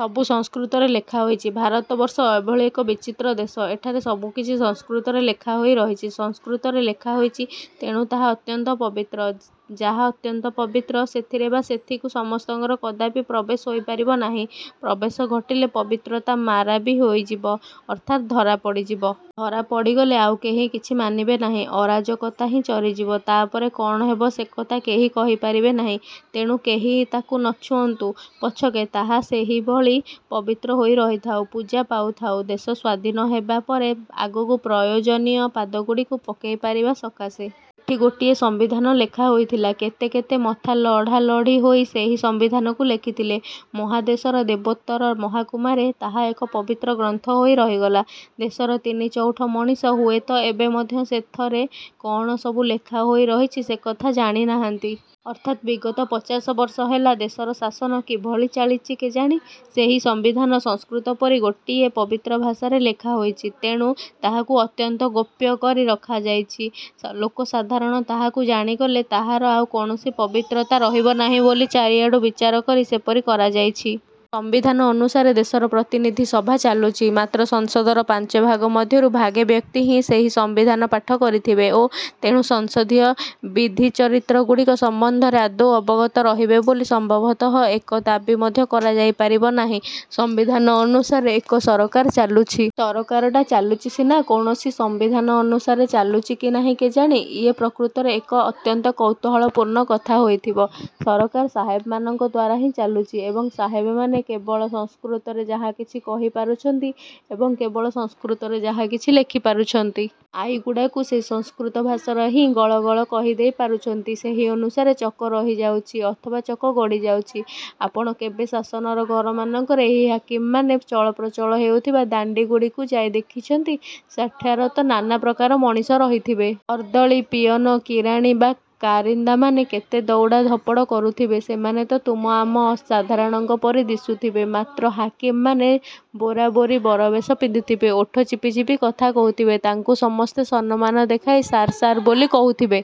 ସବୁ ସଂସ୍କୃତରେ ଲେଖାହୋଇଛି ଭାରତବର୍ଷ ଏଭଳି ଏକ ବିଚିତ୍ର ଦେଶ, ଏଠାରେ ସବୁକିଛି ସଂସ୍କୃତରେ ଲେଖାହୋଇ ରହିଛି। ସଂସ୍କୃତରେ ଲେଖା ହୋଇଛି ତେଣୁ ତାହା ଅତ୍ୟନ୍ତ ପବିତ୍ର। ଯାହା ଅତ୍ୟନ୍ତ ପବିତ୍ର, ସେଥିରେ ବା ସେଥିକୁ ସମସ୍ତଙ୍କର କଦାପି ପ୍ରବେଶ ହୋଇପାରିବ ନାହିଁ। ପ୍ରବେଶ ଘଟିଲେ ପବିତ୍ରତା ମାରା ବି ହୋଇଯିବ ଅର୍ଥାତ୍ ଧରା ପଡ଼ିଯିବ। ଧରା ପଡ଼ିଗଲେ ଆଉ କେହି କିଛି ମାନିବେ ନାହିଁ। ଅରାଜକତା ହିଁ ଚରିଯିବ। ତାପରେ କଣ ହେବ ସେକଥା କେହି କହିପାରିବେ ନାହିଁ। ତେଣୁ କେହି ତାକୁ ନଛୁଅଁନ୍ତୁ ପଛକେ ତାହା ସେହିଭଳି ପବିତ୍ର ହୋଇ ରହିଥାଉ ପୂଜା ପାଉଥାଉ। ଦେଶ ସ୍ୱାଧୀନ ହେବା ପରେ ଆଗକୁ ପ୍ରୟୋଜନୀୟ ପାଦଗୁଡ଼ିକୁ ପକାଇପାରିବା ସକାଶେ। ଏଠି ଗୋଟିଏ ସମ୍ବିଧାନ ଲେଖା ହୋଇଥିଲା। କେତେ କେତେ ମଥା ଲଢ଼ାଲଢ଼ି ହୋଇ ସେହି ସମ୍ବିଧାନକୁ ଲେଖିଥଲେ। ମହାଦେଶର ଦେବୋତ୍ତର ମହକୁମାରେ ତାହା ଏକ ପବିତ୍ର ଗ୍ରନ୍ଥ ହୋଇ ରହିଗଲା। ଦେଶର ତିନି ଚଉଠ ମଣିଷ ହୁଏତ ଏବେ ମଧ୍ୟ ସେଥରେ କଣ ସବୁ ଲେଖାହୋଇ ରହିଛି ସେକଥା ଜାଣିନାହାନ୍ତି। ଅର୍ଥାତ୍ ବିଗତ ପଚାଶବର୍ଷ ହେଲା ଦେଶର ଶାସନ କିଭଳି ଚାଲିଛି କେଜାଣି? ସେହି ସମ୍ବିଧାନ ସଂସ୍କୃତ ପରି ଗୋଟିଏ ପବିତ୍ର ଭାଷାରେ ଲେଖା ହୋଇଛି। ତେଣୁ, ତାହାକୁ ଅତ୍ୟନ୍ତ ଗୋପ୍ୟ କରି ରଖାଯାଇଛି। ଲୋକସାଧାରଣ ତାହାକୁ ଜାଣିଗଲେ ତାହାର ଆଉ କୌଣସି ପବିତ୍ରତା ରହିବନାହିଁ ବୋଲି ଚାରିଆଡ଼ୁ ବିଚାର କରି ସେପରି କରାଯାଇଛି। ସମ୍ବିଧାନ ଅନୁସାରେ ଦେଶର ପ୍ରତିନିଧି ସଭା ଚାଲୁଛି। ମାତ୍ର ସଂସଦର ପାଞ୍ଚଭାଗ ମଧ୍ୟରୁ ଭାଗେ ବ୍ୟକ୍ତି ହିଁ ସେହି ସମ୍ବିଧାନ ପାଠ କରିଥିବେ ଓ ତେଣୁ ସଂସଦୀୟ ବିଧିଚରିତ୍ରଗୁଡ଼ିକ ସମ୍ବନ୍ଧରେ ଆଦୌ ଅବଗତ ରହିଥିବେ ବୋଲି ସମ୍ଭବତଃ ଏକ ଦାବି ମଧ୍ୟ କରାଯାଇ ପାରିବନାହିଁ। ସମ୍ବିଧାନ ଅନୁସାରେ ଏକ ସରକାର ଚାଲୁଛି। ସରକାରଟା ଚାଲୁଛି ସିନା, କୌଣସି ସମ୍ବିଧାନ ଅନୁସାରେ ଚାଲୁଛି କି ନାହିଁ କେଜାଣି? ଇଏ ପ୍ରକୃତରେ ଏକ ଅତ୍ୟନ୍ତ କୌତୁହଳପୂର୍ଣ୍ଣ କଥା ହୋଇଥିବ। ସରକାର ସାହେବମାନଙ୍କ ଦ୍ୱାରା ହିଁ ଚାଲୁଛି। ଏବଂ ସାହେବମାନେ କେବଳ ସଂସ୍କୃତରେ ଯାହାକିଛି କହି ପାରୁଛନ୍ତି ଏବଂ କେବଳ ସଂସ୍କୃତରେ ଯାହାକିଛି ଲେଖି ପାରୁଛନ୍ତି। ଆଇଗୁଡ଼ାକୁ ସେହି ସଂସ୍କୃତ ଭାଷାରେ ହିଁ ଗଳ ଗଳ କହିଦେଇ ପାରୁଛନ୍ତି। ସେହି ଅନୁସାରେ ଚକ ରହିଯାଉଛି ଅଥବା ଚକ ଗଡ଼ିଯାଉଛି। ଆପଣ କେବେ ଶାସନର ଘରମାନଙ୍କରେ ଏହି ହାକିମମାନେ ଚଳପ୍ରଚଳ ହେଉଥିବା ଦାଣ୍ଡିଗୁଡ଼ିକୁ ଯାଇ ଦେଖିଛନ୍ତି? ସେଠାରେ ତ ନାନା ପ୍ରକାର ମଣିଷ ରହିଥିବେ। ଅର୍ଦ୍ଦଳି, ପିଅନ, କିରାନି ବା କାରିନ୍ଦାମାନେ କେତେ ଦଉଡ଼ା ଧପଡ଼ କରୁଥିବେ। ସେମାନେ ତ ତୁମ ଆମ ସାଧାରଣଙ୍କ ପରି ଦିଶୁଥବେ, ମାତ୍ର ହାକିମ ମାନେ ବୋରାବୋରି ବରବେଶ ପିନ୍ଧିଥିବେ, ଓଠ ଚିପି ଚିପି କଥା କହୁଥିବେ। ତାଙ୍କୁ ସମସ୍ତେ ସନମାନ ଦେଖାଇ ସାର୍ ସାର୍ ବୋଲି କହୁଥିବେ।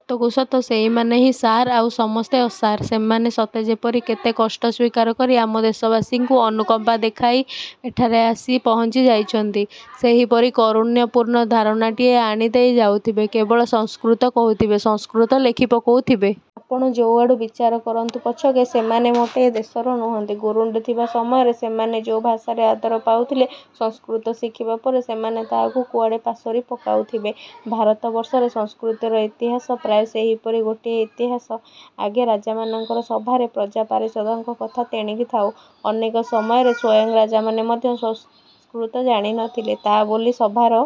ସତକୁ ସତ ସେଇମାନେ ହିଁ ସାର ଆଉ ସମସ୍ତେ ଅସାର। ସେମାନେ ସତେ ଯେପରି କେତେ କଷ୍ଟ ସ୍ୱୀକାର କରି ଆମ ଦେଶବାସୀଙ୍କୁ ଅନୁକମ୍ପା ଦେଖାଇ ଏଠାରେ ଆସି ପହଞ୍ଚି ଯାଇଛନ୍ତି ସେହିପରି କାରୁଣ୍ୟପୂର୍ଣ୍ଣ ଧାରଣାଟିଏ ଆଣିଦେଇ ଯାଉଥିବେ। କେବଳ ସଂସ୍କୃତ କହୁଥିବେ ସଂସ୍କୃତ ଲେଖି ପକାଉଥିବେ। ଆପଣ ଯୋଉଆଡ଼ୁ ବିଚାର କରନ୍ତୁ ପଛକେ, ସେମାନେ ମୋଟେ ଏ ଦେଶର ନୁହନ୍ତି। ଗୁରୁଣ୍ଡୁଥିବା ସମୟରେ ସେମାନେ ଯୋଉ ଭାଷାରେ ଆଦର ପାଉଥିଲେ, ସଂସ୍କୃତ ଶିଖିବା ପରେ ସେମାନେ ତାହାକୁ କୁଆଡ଼େ ପାସୋରି ପକାଉଥିବେ। ଭାରତବର୍ଷରେ ସଂସ୍କୃତିର ଇତିହାସ ପ୍ରାୟ ସେହିପରି ଗୋଟିଏ ଇତିହାସ। ଆଗେ ରାଜାମାନଙ୍କର ସଭାରେ ପ୍ରଜା ପାରିଷଦଙ୍କ କଥା ତେଣିକି ଥାଉ, ଅନେକ ସମୟରେ ସ୍ୱୟଂ ରାଜାମାନେ ମଧ୍ୟ ସଂସ୍କୃତ ଜାଣିନଥିଲେ। ତା ବୋଲି ସଭାର